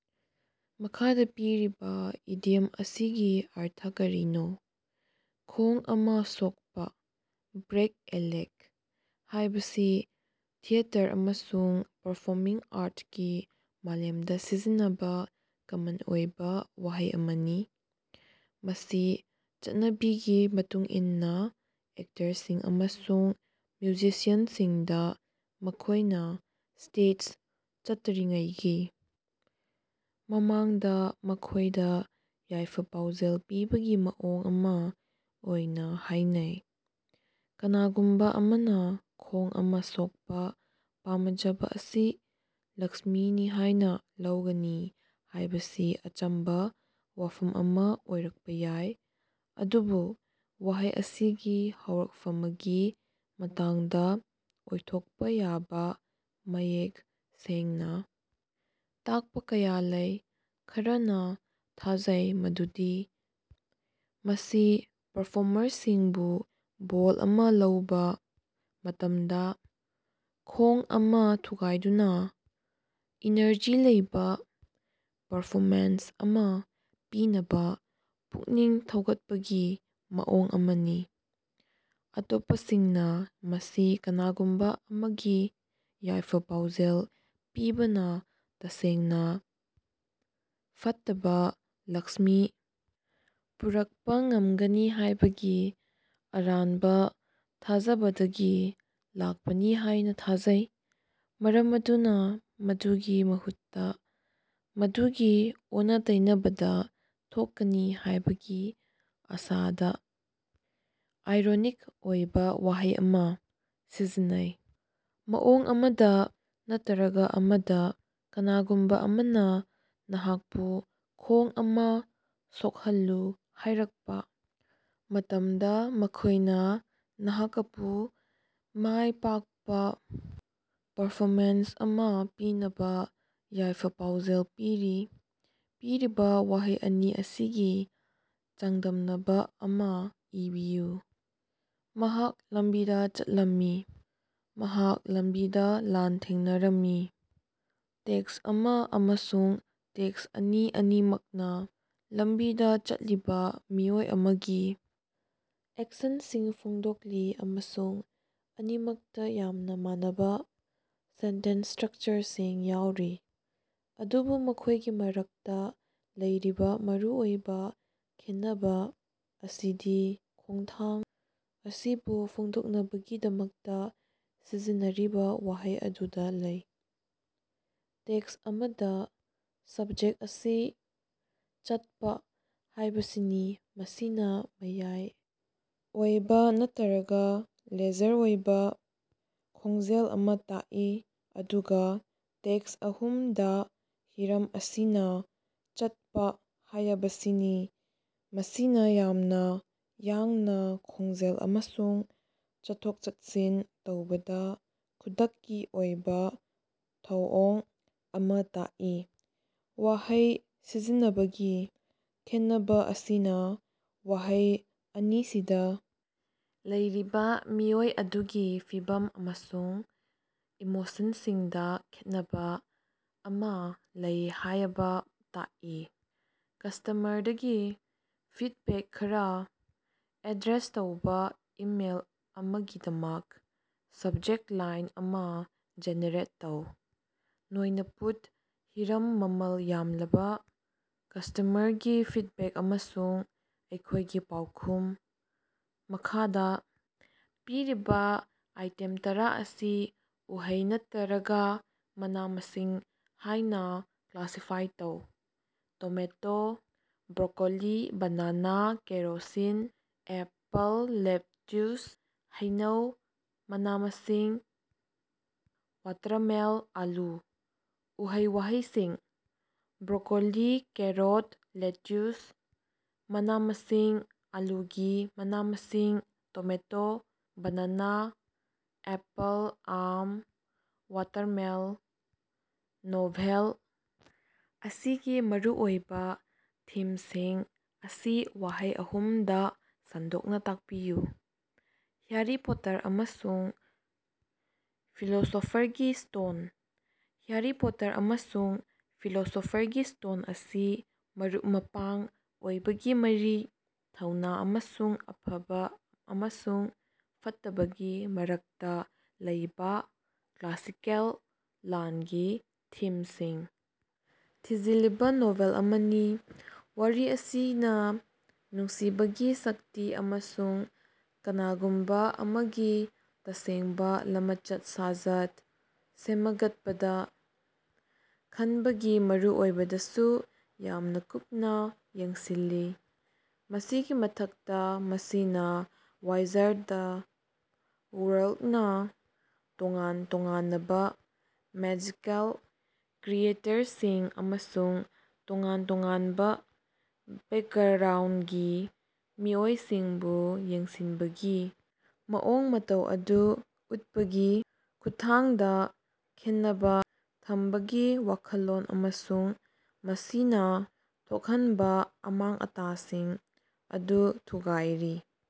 ꯃꯈꯥꯗ ꯄꯤꯔꯤꯕ ꯏꯗꯤꯌꯝ ꯑꯁꯤꯒꯤ ꯑꯔꯊ ꯀꯔꯤꯅꯣ: ꯈꯣꯡ ꯑꯃꯥ ꯁꯣꯛꯄ "ꯕ꯭ꯔꯦꯛ ꯑꯦ ꯂꯦꯒ" ꯍꯥꯏꯕꯁꯤ ꯊꯤꯌꯦꯇꯔ ꯑꯃꯁꯨꯡ ꯄꯔꯐꯣꯃꯤꯡ ꯑꯥ꯭ꯔꯠꯀꯤ ꯃꯥꯂꯦꯝꯗꯥ ꯁꯤꯖꯤꯟꯅꯕ ꯀꯃꯟ ꯑꯣꯏꯕ ꯋꯥꯍꯩ ꯑꯃꯅꯤ꯫ ꯃꯁꯤ ꯆꯠꯅꯕꯤꯒꯤ ꯃꯇꯨꯡ ꯏꯟꯅ ꯑꯦꯛꯇꯔꯁꯤꯡ ꯑꯃꯁꯨꯡ ꯃ꯭ꯌꯨꯖꯤꯁꯤꯌꯟꯁꯤꯡꯗ ꯃꯈꯣꯏꯅ ꯁ꯭ꯇꯦꯖꯇ ꯆꯠꯇꯔꯤꯉꯩꯒꯤ ꯃꯃꯥꯡꯗ ꯃꯈꯣꯏꯗ ꯌꯥꯏꯐ-ꯄꯥꯎꯖꯦꯜ ꯄꯤꯕꯒꯤ ꯃꯑꯣꯡ ꯑꯃ ꯑꯣꯏꯅ ꯍꯥꯏꯅꯩ꯫ ꯀꯅꯥꯒꯨꯝꯕ ꯑꯃꯅ ꯈꯣꯡ ꯑꯃ ꯁꯣꯛꯄꯥ ꯄꯥꯃꯖꯕ ꯑꯁꯤ ꯂꯛꯁ꯭ꯃꯤꯅꯤ ꯍꯥꯏꯅ ꯂꯧꯒꯅꯤ ꯍꯥꯏꯕꯁꯤ ꯑꯆꯝꯕ ꯋꯥꯐꯝ ꯑꯃ ꯑꯣꯏꯔꯛꯄ ꯌꯥꯏ, ꯑꯗꯨꯕꯨ ꯋꯥꯍꯩ ꯑꯁꯤꯒꯤ ꯍꯧꯔꯛꯐꯃꯒꯤ ꯃꯇꯥꯡꯗ ꯑꯣꯏꯊꯣꯛꯄꯥ ꯌꯥꯕꯥ ꯃꯌꯦꯛ ꯁꯦꯡꯅ ꯇꯥꯛꯄ ꯀꯌꯥ ꯂꯩ꯫ ꯈꯔꯅ ꯊꯥꯖꯩ ꯃꯗꯨꯗꯤ ꯃꯁꯤ ꯄꯔꯐ꯭ꯣꯔꯃꯔꯁꯤꯡꯕꯨ ꯕꯣꯜ ꯑꯃ ꯂꯧꯕ ꯃꯇꯝꯗ "ꯈꯣꯡ ꯑꯃꯥ ꯊꯨꯒꯥꯏꯗꯨꯅꯥ" ꯏꯅꯔꯖꯤ ꯂꯩꯕ ꯄꯔꯐꯣꯃꯦꯟꯁ ꯑꯃ ꯄꯤꯅꯕ ꯄꯨꯛꯅꯤꯡ ꯊꯧꯒꯠꯄꯒꯤ ꯃꯑꯣꯡ ꯑꯃꯅꯤ꯫ ꯑꯇꯣꯞꯄꯁꯤꯡꯅ ꯃꯁꯤ ꯀꯅꯥꯒꯨꯝꯕ ꯑꯃꯒꯤ ꯌꯥꯏꯐ-ꯄꯥꯎꯖꯦꯜ ꯄꯤꯕꯅ ꯇꯁꯦꯡꯅꯥ ꯐꯠꯇꯕ ꯂꯛꯁ꯭ꯃꯤ ꯄꯨꯔꯛꯄ ꯉꯝꯒꯅꯤ ꯍꯥꯏꯕꯒꯤ ꯑꯔꯥꯟꯕ ꯊꯥꯖꯕꯗꯒꯤ ꯂꯥꯛꯄꯅꯤ ꯍꯥꯏꯅ ꯊꯥꯖꯩ, ꯃꯔꯝ ꯑꯗꯨꯅ ꯃꯗꯨꯒꯤ ꯃꯍꯨꯠꯇ, ꯃꯗꯨꯒꯤ ꯑꯣꯟꯅ-ꯇꯩꯅꯕꯗ ꯊꯣꯛꯀꯅꯤ ꯍꯥꯏꯕꯒꯤ ꯑꯥꯁꯥꯗ ꯑꯥꯏꯔꯣꯅꯤꯛ ꯑꯣꯏꯕ ꯋꯥꯍꯩ ꯑꯃ ꯁꯤꯖꯤꯟꯅꯩ꯫ ꯃꯑꯣꯡ ꯑꯃꯗ ꯅꯠꯇꯔꯒ ꯑꯃꯗ, ꯀꯅꯥꯒꯨꯝꯕ ꯑꯃꯅ ꯅꯍꯥꯛꯄꯨ "ꯈꯣꯡ ꯑꯃꯥ ꯁꯣꯛꯍꯜꯂꯨ" ꯍꯥꯏꯔꯛꯄꯥ ꯃꯇꯝꯗ, ꯃꯈꯣꯏꯅ ꯅꯍꯥꯀꯄꯨ ꯃꯥꯏ ꯄꯥꯛꯄ ꯄꯔꯐꯣꯃꯦꯟꯁ ꯑꯃꯥ ꯄꯤꯅꯕ ꯌꯥꯏꯐ-ꯄꯥꯎꯖꯦꯜ ꯄꯤꯔꯤ꯫ ꯄꯤꯔꯤꯕ ꯋꯥꯍꯩ ꯑꯅꯤ ꯑꯁꯤꯒꯤ ꯆꯥꯡꯗꯝꯅꯕ ꯑꯃꯥ ꯏꯕꯤꯌꯨ꯫ ꯃꯍꯥꯛ ꯂꯝꯕꯤꯗ ꯆꯠꯂꯝꯃꯤ꯫ ꯃꯍꯥꯛ ꯂꯝꯕꯤꯗ ꯂꯥꯟꯊꯦꯡꯅꯔꯝꯃꯤ꯫ ꯇꯦꯛꯁ ꯑꯃ ꯑꯃꯁꯨꯡ ꯇꯦꯛꯁ ꯑꯅꯤ ꯑꯅꯤꯃꯛꯅ ꯂꯝꯕꯤꯗ ꯆꯠꯂꯤꯕ ꯃꯤꯑꯣꯏ ꯑꯃꯒꯤ ꯑꯦꯛꯁꯟꯁꯤꯡ ꯐꯣꯡꯗꯣꯛꯂꯤ, ꯑꯃꯁꯨꯡ ꯑꯅꯤꯃꯛꯇ ꯌꯥꯝꯅ ꯃꯥꯟꯅꯕ ꯁꯦꯟꯇꯦꯟꯁ ꯁ꯭ꯇꯔꯛꯆꯔꯁꯤꯡ ꯌꯥꯎꯔꯤ꯫ ꯑꯗꯨꯕꯨ ꯃꯈꯣꯏꯒꯤ ꯃꯔꯛꯇ ꯂꯩꯔꯤꯕ ꯃꯔꯨ ꯑꯣꯏꯕ ꯈꯦꯟꯅꯕ ꯑꯁꯤꯗꯤ ꯈꯣꯡꯊꯥꯡ ꯑꯁꯤꯕꯨ ꯐꯣꯡꯗꯣꯛꯅꯕꯒꯤꯗꯃꯛꯇ ꯁꯤꯖꯤꯟꯅꯔꯤꯕ ꯋꯥꯍꯩ ꯑꯗꯨꯗ ꯂꯩ꯫ ꯇꯦꯛꯁ ꯑꯃ ꯗ ꯁꯕꯖꯦꯛ ꯑꯁꯤ "ꯆꯠꯄ" ꯍꯥꯏꯕꯁꯤꯅꯤ ꯃꯁꯤꯅ ꯃꯌꯥꯏ ꯑꯣꯏꯕꯥ ꯅꯠꯇꯔꯒ ꯂꯦꯖꯔ ꯑꯣꯏꯕ ꯈꯣꯡꯖꯦꯜ ꯑꯃ ꯇꯥꯛꯏ, ꯑꯗꯨꯒꯥ ꯇꯦꯛꯁ ꯑꯍꯨꯝ ꯗꯥ ꯍꯤꯔꯝ ꯑꯁꯤꯅꯥ "ꯆꯠꯄ" ꯍꯥꯌꯕꯁꯤꯅꯤ ꯃꯁꯤꯅ ꯌꯥꯝꯅꯥ ꯌꯥꯡꯅ ꯈꯣꯡꯖꯦꯜ ꯑꯃꯁꯨꯡ ꯆꯠꯊꯣꯛ-ꯆꯠꯁꯤꯟ ꯇꯧꯕꯗ ꯈꯨꯗꯛꯀꯤ ꯑꯣꯏꯕ ꯊꯧꯑꯣꯡ ꯑꯃ ꯇꯥꯛꯏ꯫ ꯋꯥꯍꯩ ꯁꯤꯖꯤꯟꯅꯕꯒꯤ ꯈꯦꯟꯅꯕ ꯑꯁꯤꯅ ꯋꯥꯍꯩ ꯑꯅꯤꯁꯤꯗ ꯂꯩꯔꯤꯕ ꯃꯤꯑꯣꯏ ꯑꯗꯨꯒꯤ ꯐꯤꯚꯝ ꯑꯃꯁꯨꯡ ꯏꯃꯣꯁꯟꯁꯤꯡꯗ ꯈꯦꯠꯅꯕ ꯑꯃꯥ ꯂꯩ ꯍꯥꯌꯕ ꯇꯥꯛꯏ꯫ ꯀꯁ꯭ꯇꯃꯔꯗꯒꯤ ꯐꯤꯗꯕꯦꯛ ꯈꯔꯥ ꯑꯦꯗ꯭ꯔꯦꯁ ꯇꯧꯕ ꯏꯃꯦꯜ ꯑꯃꯒꯤꯗꯃꯛ ꯁꯕꯖꯦꯛ ꯂꯥꯏꯟ ꯑꯃꯥ ꯖꯦꯅꯦꯔꯦꯠ ꯇꯧ꯫ ꯅꯣꯏꯅꯄꯨꯠ ꯍꯤꯔꯝ ꯃꯃꯜ ꯌꯥꯝꯂꯕ ꯀꯁ꯭ꯇꯃꯔꯒꯤ ꯐꯤꯗꯕꯦꯛ ꯑꯃꯁꯨꯡ ꯑꯩꯈꯣꯏꯒꯤ ꯄꯥꯎꯈꯨꯝ꯫ ꯃꯈꯥꯗꯥ ꯄꯤꯔꯤꯕ ꯑꯥꯏꯇꯦꯝ ꯇꯔꯥ ꯑꯁꯤ ꯎꯍꯩ ꯅꯠꯇꯔꯒꯥ ꯃꯅꯥ-ꯃꯁꯤꯡ ꯍꯥꯏꯅ ꯀ꯭ꯂꯥꯁꯤꯐꯥꯏ ꯇꯧ꯫ Tomato, broccoli, banana, kerosene, apple, lettuce, ꯍꯩꯅꯧ, ꯃꯅꯥ-ꯃꯁꯤꯡ, ꯋꯥꯇ꯭ꯔꯃꯦꯜ, ꯑꯥꯂꯨ꯫ ꯎꯍꯩ-ꯋꯥꯍꯩꯁꯤꯡ: ꯕ꯭ꯔꯣꯀꯣꯂꯤ, ꯀꯦꯔꯣꯠ, ꯂꯦꯇꯨꯁ, ꯃꯅꯥ-ꯃꯁꯤꯡ, ꯑꯥꯂꯨꯒꯤ ꯃꯅꯥ-ꯃꯁꯤꯡ ꯇꯣꯃꯦꯇꯣ, ꯕꯦꯅꯥꯅꯥ, ꯑꯦꯄꯜ, ꯑꯥꯝ, ꯋꯥꯇꯔꯃꯦꯜ꯫ ꯅꯣꯚꯦꯜ ꯑꯁꯤꯒꯤ ꯃꯔꯨꯑꯣꯏꯕ ꯊꯤꯝꯁꯤꯡ ꯑꯁꯤ ꯋꯥꯍꯩ ꯑꯍꯨꯝ ꯗ ꯁꯟꯗꯣꯛꯅ ꯇꯥꯛꯄꯤꯌꯨ꯫ ꯍ꯭ꯌꯥꯔꯤ ꯄꯣꯇꯥꯔ ꯑꯃꯁꯨꯡ ꯐꯤꯂꯣꯁꯣꯐꯔꯒꯤ ꯁ꯭ꯇꯣꯟ꯫ ꯍ꯭ꯌꯥꯔꯤ ꯄꯣꯇꯔ ꯑꯃꯁꯨꯡ ꯐꯤꯂꯣꯁꯣꯐꯔꯒꯤ ꯁ꯭ꯇꯣꯟ ꯑꯁꯤ ꯃꯔꯨꯞ-ꯃꯄꯥꯡ ꯑꯣꯏꯕꯒꯤ ꯃꯔꯤ, ꯊꯧꯅꯥ ꯑꯃꯁꯨꯡ ꯑꯐꯕ ꯑꯃꯁꯨꯡ ꯐꯠꯇꯕꯒꯤ ꯃꯔꯛꯇ ꯂꯩꯕꯥ ꯀ꯭ꯂꯥꯁꯤꯀꯦꯜ ꯂꯥꯟꯒꯤ ꯊꯤꯝꯁꯤꯡ ꯊꯤꯖꯤꯜꯂꯤꯕ ꯅꯣꯚꯦꯜ ꯑꯃꯅꯤ꯫ ꯋꯥꯔꯤ ꯑꯁꯤꯅ ꯅꯨꯡꯁꯤꯕꯒꯤ ꯁꯛꯇꯤ ꯑꯃꯁꯨꯡ ꯀꯅꯥꯒꯨꯝꯕ ꯑꯃꯒꯤ ꯇꯁꯦꯡꯕ ꯂꯃꯆꯠ-ꯁꯥꯖꯠ ꯁꯦꯃꯒꯠꯄꯗ ꯈꯟꯕꯒꯤ ꯃꯔꯨꯑꯣꯏꯕꯗꯁꯨ ꯌꯥꯝꯅ ꯀꯨꯞꯅ ꯌꯦꯡꯁꯤꯜꯂꯤ꯫ ꯃꯁꯤꯒꯤ ꯃꯊꯛꯇ, ꯃꯁꯤꯅ ꯋꯥꯏꯖꯥꯔꯗ ꯋꯥꯔꯜꯗꯅ ꯇꯣꯉꯥꯟ ꯇꯣꯉꯥꯅꯕ ꯃꯦꯖꯤꯀꯦꯜ ꯀ꯭ꯔꯤꯌꯦꯇꯔꯁꯤꯡ ꯑꯃꯁꯨꯡ ꯇꯣꯉꯥꯟ ꯇꯣꯉꯥꯟꯕ ꯕꯦꯀꯒ꯭ꯔꯥꯎꯟꯒꯤ ꯃꯤꯑꯣꯏꯁꯤꯡꯕꯨ ꯌꯦꯡꯁꯤꯟꯕꯒꯤ ꯃꯑꯣꯡ ꯃꯇꯧ ꯑꯗꯨ ꯎꯠꯄꯒꯤ ꯈꯨꯠꯊꯥꯡꯗ ꯈꯦꯟꯅꯕ ꯊꯝꯕꯒꯤ ꯋꯥꯈꯜꯂꯣꯟ ꯑꯃꯁꯨꯡ ꯃꯁꯤꯅꯥ ꯊꯣꯛꯍꯟꯕ ꯑꯃꯥꯡ-ꯑꯇꯥꯁꯤꯡ ꯑꯗꯨ ꯊꯨꯒꯥꯏꯔꯤ꯫